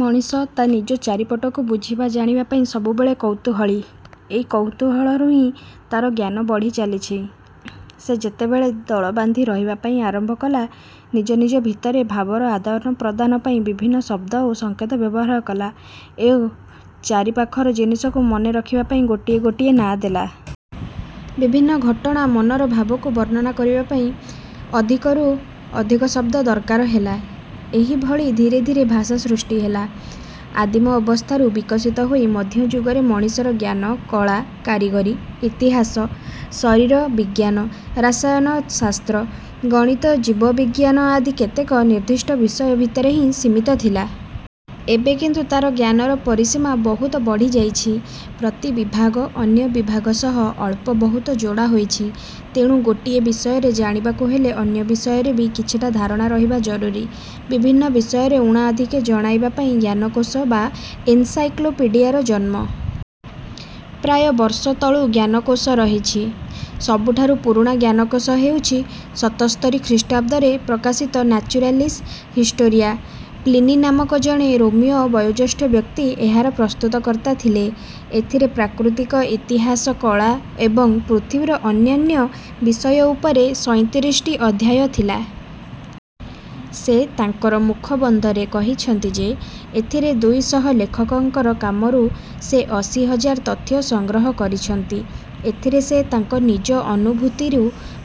ମଣିଷ ତାନିଜ ଚାରିପଟକୁ ବୁଝିବା ଜାଣିବା ପାଇଁ ସବୁବେଳେ କୌତୂହଳୀ। ଏଇ କୌତୂହଳରୁ ହିଁ ତାର ଜ୍ଞାନ ବଢ଼ିଚାଲିଛି। ସେ ଯେତେବେଳେ ଦଳବାନ୍ଧି ରହିବା ପାଇଁ ଆରମ୍ଭ କଲା ନିଜ ନିଜ ଭିତରେ ଭାବର ଆଦାନ ପ୍ରଦାନ ପାଇଁ ବିଭିନ୍ନ ଶବ୍ଦ ଓ ସଙ୍କେ ତ ବ୍ୟବହାର କଲା ଏବ ଚାରିପାଖର ଜିନିଷକୁ ମନେ ରଖିବା ପାଇଁ ଗୋଟିଏ ଗୋଟିଏ ନାଁ ଦେଲା। ବିଭିନ୍ନ ଘଟଣା ମନର ଭାବକୁ ବର୍ଣ୍ଣନା କରିବା ପାଇଁ ଅଧିକରୁ ଅଧିକ ଶବ୍ଦ ଦରକାର ହେଲା। ଏହିଭିଳି ଧୀରେ ଧୀରେ ଭାଷା ସୃଷ୍ଟି ହେଲା। ଆଦିମ ଅବସ୍ଥାରୁ ବିକଶିତ ହୋଇ ମଧ୍ୟଯୁଗରେ ମଣିଷର ଜ୍ଞାନ କଳା କାରିଗରୀ ଇତିହାସ ଶରୀର ବିଜ୍ଞାନ ରାସାୟନ ଶାସ୍ତ୍ର ଗଣିତ ଜୀବ ବିଜ୍ଞାନ ଆଦି କେତେକ ନିର୍ଦ୍ଦିଷ୍ଟ ବିଷୟ ଭିତରେ ହିଁ ସୀମିତ ଥିଲା। ଏବେ କିନ୍ତୁ ତାର ଜ୍ଞାନର ପରିସୀମା ବହୁତ ବଢ଼ିଯାଇଛି। ପ୍ରତି ବିଭାଗ ଅନ୍ୟ ବିଭାଗ ସହ ଅଳ୍ପ ବହୁତ ଯୋଡ଼ା ହୋଇଛି। ତେଣୁ ଗୋଟିଏ ବିଷୟରେ ଜାଣିବାକୁ ହେଲେ ଅନ୍ୟ ବିଷୟରେ ବି କିଛିଟା ଧାରଣା ରହିବା ଜରୁରୀ। ବିଭିନ୍ନ ବିଷୟରେ ଊଣା ଅଧିକେ ଜଣାଇବା ପାଇଁ ଜ୍ଞାନକୋଷ ବା ଏନସାଇକ୍ଲୋପିଡ଼ିଆର ଜନ୍ମ। ପ୍ରାୟ ବର୍ଷ ତଳୁ ଜ୍ଞାନକୋଷ ରହିଛି। ସବୁଠାରୁ ପୁରୁଣା ଜ୍ଞାନକୋଷ ହେଉଛି ସତସ୍ତରୀ ଖ୍ରୀଷ୍ଟାବ୍ଦରେ ପ୍ରକାଶିତ ନାଚୁରାଲିସ ହିଷ୍ଟୋରିଆ। ପ୍ଲିନୀ ନାମକ ଜଣେ ରୋମୀୟ ବୟୋଜ୍ୟେଷ୍ଠ ବ୍ୟକ୍ତି ଏହାର ପ୍ରସ୍ତୁତକର୍ତ୍ତା ଥିଲେ। ଏଥିରେ ପ୍ରାକୃତିକ ଇତିହାସ କଳା ଏବଂ ପୃଥିବୀର ଅନ୍ୟାନ୍ୟ ବିଷୟ ଉପରେ ସଇଁତିରିଶଟି ଅଧ୍ୟାୟ ଥିଲା। ସେ ତାଙ୍କର ମୁଖବନ୍ଧରେ କହିଛନ୍ତି ଯେ ଏଥିରେ ଦୁଇ ଶହ ଲେଖକଙ୍କର କାମରୁ ସେ ଅଶୀ ହଜାର ତଥ୍ୟ ସଂଗ୍ରହ କରିଛନ୍ତି। ଏଥିରେ ସେ ତାଙ୍କ ନିଜ ଅନୁଭୂତିରୁ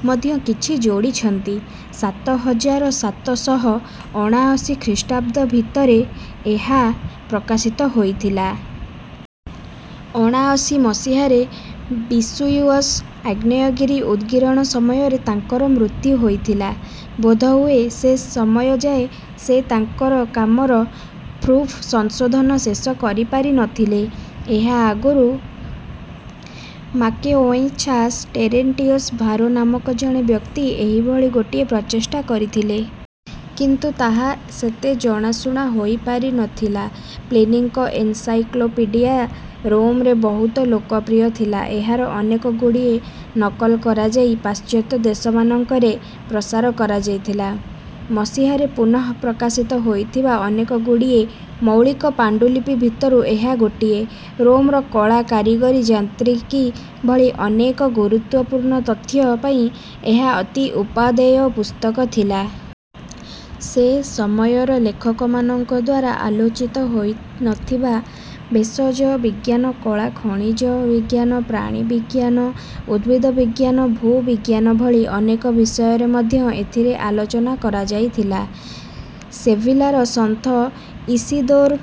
ମଧ୍ୟ କିଛି ଯୋଡ଼ିଛନ୍ତି। ସାତ ହଜାର ସାତ ଶହ ଅଣାଅଶୀ ଖ୍ରୀଷ୍ଟାବ୍ଦ ଭିତରେ ଏହା ପ୍ରକାଶିତ ହୋଇଥିଲା। ଅଣାଅଶୀ ମସିହାରେ ବିସୁଭିୟସ ଆଗ୍ନେୟଗିରି ଉଦଗିରଣ ସମୟରେ ତାଙ୍କର ମୃତ୍ୟୁ ହୋଇଥିଲା। ବୋଧହୁଏ ସେ ସମୟ ଯାଏ ସେ ତାଙ୍କ କାମର ପ୍ରୁଫ୍ ସଂଶୋଧନ ଶେଷ କରିପାରି ନ ଥିଲେ। ଏହା ଆଗରୁ ମାକେଙଏଛାସ ଟେରେଣ୍ଟିଅସ ଭାରୋ ନାମକ ଜଣେ ବ୍ୟକ୍ତି ଏହିଭଳି ଗୋଟିଏ ପ୍ରଚେଷ୍ଟା କରିଥିଲେ। କିନ୍ତୁ ତାହା ସେତେ ଜଣାଶୁଣା ହୋଇପାରି ନ ଥିଲା। ପ୍ଲିନୀଙ୍କ ଏନସାଇକ୍ଲୋପିଡିଆ ରୋମରେ ବହୁତ ଲୋକପ୍ରିୟ ଥିଲା। ଏହାର ଅନେକଗୁଡ଼ିଏ ନକଲ କରାଯାଇ ପାଶ୍ଚାତ୍ୟ ଦେଶମାନଙ୍କରେ ପ୍ରସାର କରାଯାଇଥିଲା। ମସିହାରେ ପୁନଃ ପ୍ରକାଶିତ ହୋଇଥିବା ଅନେକଗୁଡ଼ିଏ ମୌଳିକ ପାଣ୍ଡୁଲିପି ଭିତରୁ ଏହା ଗୋଟିଏ। ରୋମର କଳା କାରିଗରୀ ଯାନ୍ତ୍ରିକୀ ଭଳି ଅନେକ ଗୁରୁତ୍ୱପୂର୍ଣ୍ଣ ତଥ୍ୟ ପାଇଁ ଏହା ଅତି ଉପାଦେୟ ପୁସ୍ତକ ଥିଲା। ସେ ସମୟର ଲେଖକମାନଙ୍କଦ୍ୱାରା ଆଲୋଚିତ ହୋଇ ନ ଥିବା ଭେଷଜ ବିଜ୍ଞାନ କଳା ଖଣିଜ ବିଜ୍ଞାନ ପ୍ରାଣିବିଜ୍ଞାନ ଉଦ୍ଭିଦ ବିଜ୍ଞାନ ଭୂବିଜ୍ଞାନ ଭଳି ଅନେକ ବିଷୟରେ ମଧ୍ୟ ଏଥିରେ ଆଲୋଚନା କରାଯାଇଥିଲା। ସେଭିଲାର ସନ୍ଥ ଇସିଦୋର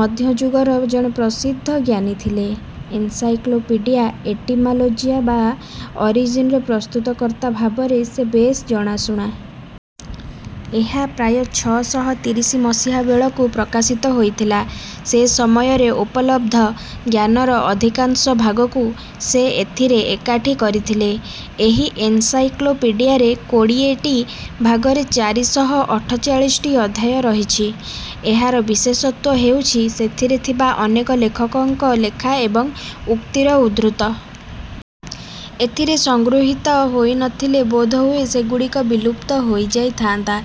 ମଧ୍ୟଯୁଗର ଜଣେ ପ୍ରସିଦ୍ଧ ଜ୍ଞାନୀ ଥିଲେ। ଏନସାଇକ୍ଲୋପିଡିଆ ଏଟିମାଲୋଜିଆ ବା ଅରିଜିନର ପ୍ରସ୍ତୁତକର୍ତ୍ତା ଭାବରେ ସେ ବେଶ ଜଣାଶୁଣା। ଏହା ପ୍ରାୟ ଛଅ ଶହ ତିରିଶ ମସିହା ବେଳକୁ ପ୍ରକାଶିତ ହୋଇଥିଲା। ସେ ସମୟରେ ଉପଲବ୍ଧ ଜ୍ଞାନର ଅଧିକାଂଶ ଭାଗକୁ ସେ ଏଥିରେ ଏକାଠି କରିଥିଲେ। ଏହି ଏନସାଇକ୍ଲୋପିଡିଆରେ କୋଡ଼ିଏଟି ଭାଗରେ ଚାରି ଶହ ଅଠଚାଳିଶଟି ଅଧ୍ୟାୟ ରହିଛି। ଏହାର ବିଶେଷତ୍ୱ ହେଉଛି ସେଥିରେ ଥିବା ଅନେକ ଲେଖକଙ୍କ ଲେଖା ଏବଂ ଉକ୍ତିର ଉଦ୍ଧୃତ। ଏଥିରେ ସଂଗୃହୀତ ହୋଇ ନ ଥିଲେ ବୋଧହୁଏ ସେଗୁଡ଼ିକ ବିଲୁପ୍ତ ହୋଇଯାଇଥାନ୍ତା।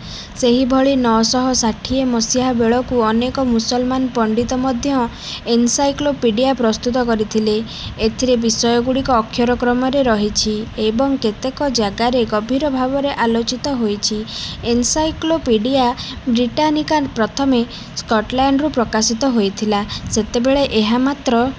ସେହିଭଳି ନଅ ଶହ ଷାଠିଏ ମସିହା ବେଳକୁ ଅନେକ ମୁସଲମାନ ପଣ୍ଡିତ ମଧ୍ୟ ଏନସାଇକ୍ଲୋପିଡ଼ିଆ ପ୍ରସ୍ତୁତ କରିଥିଲେ। ଏଥିରେ ବିଷୟଗୁଡ଼ିକ ଅକ୍ଷର କ୍ରମରେ ରହିଛି ଏବଂ କେତେ ଜାଗାରେ ଗଭୀର ଭାବରେ ଆଲୋ ଚିତ ହୋଇ ଛି। ଏନସାଇକ୍ଲୋପିଡ଼ିଆ ବ୍ରିଟାନିକା ପ୍ରଥମେ ସ୍କଟଲ୍ୟାଣ୍ଡରୁ ପ୍ରକାଶିତ ହୋଇଥିଲା। ସେତେବେଳେ ଏହା ମାତ୍ର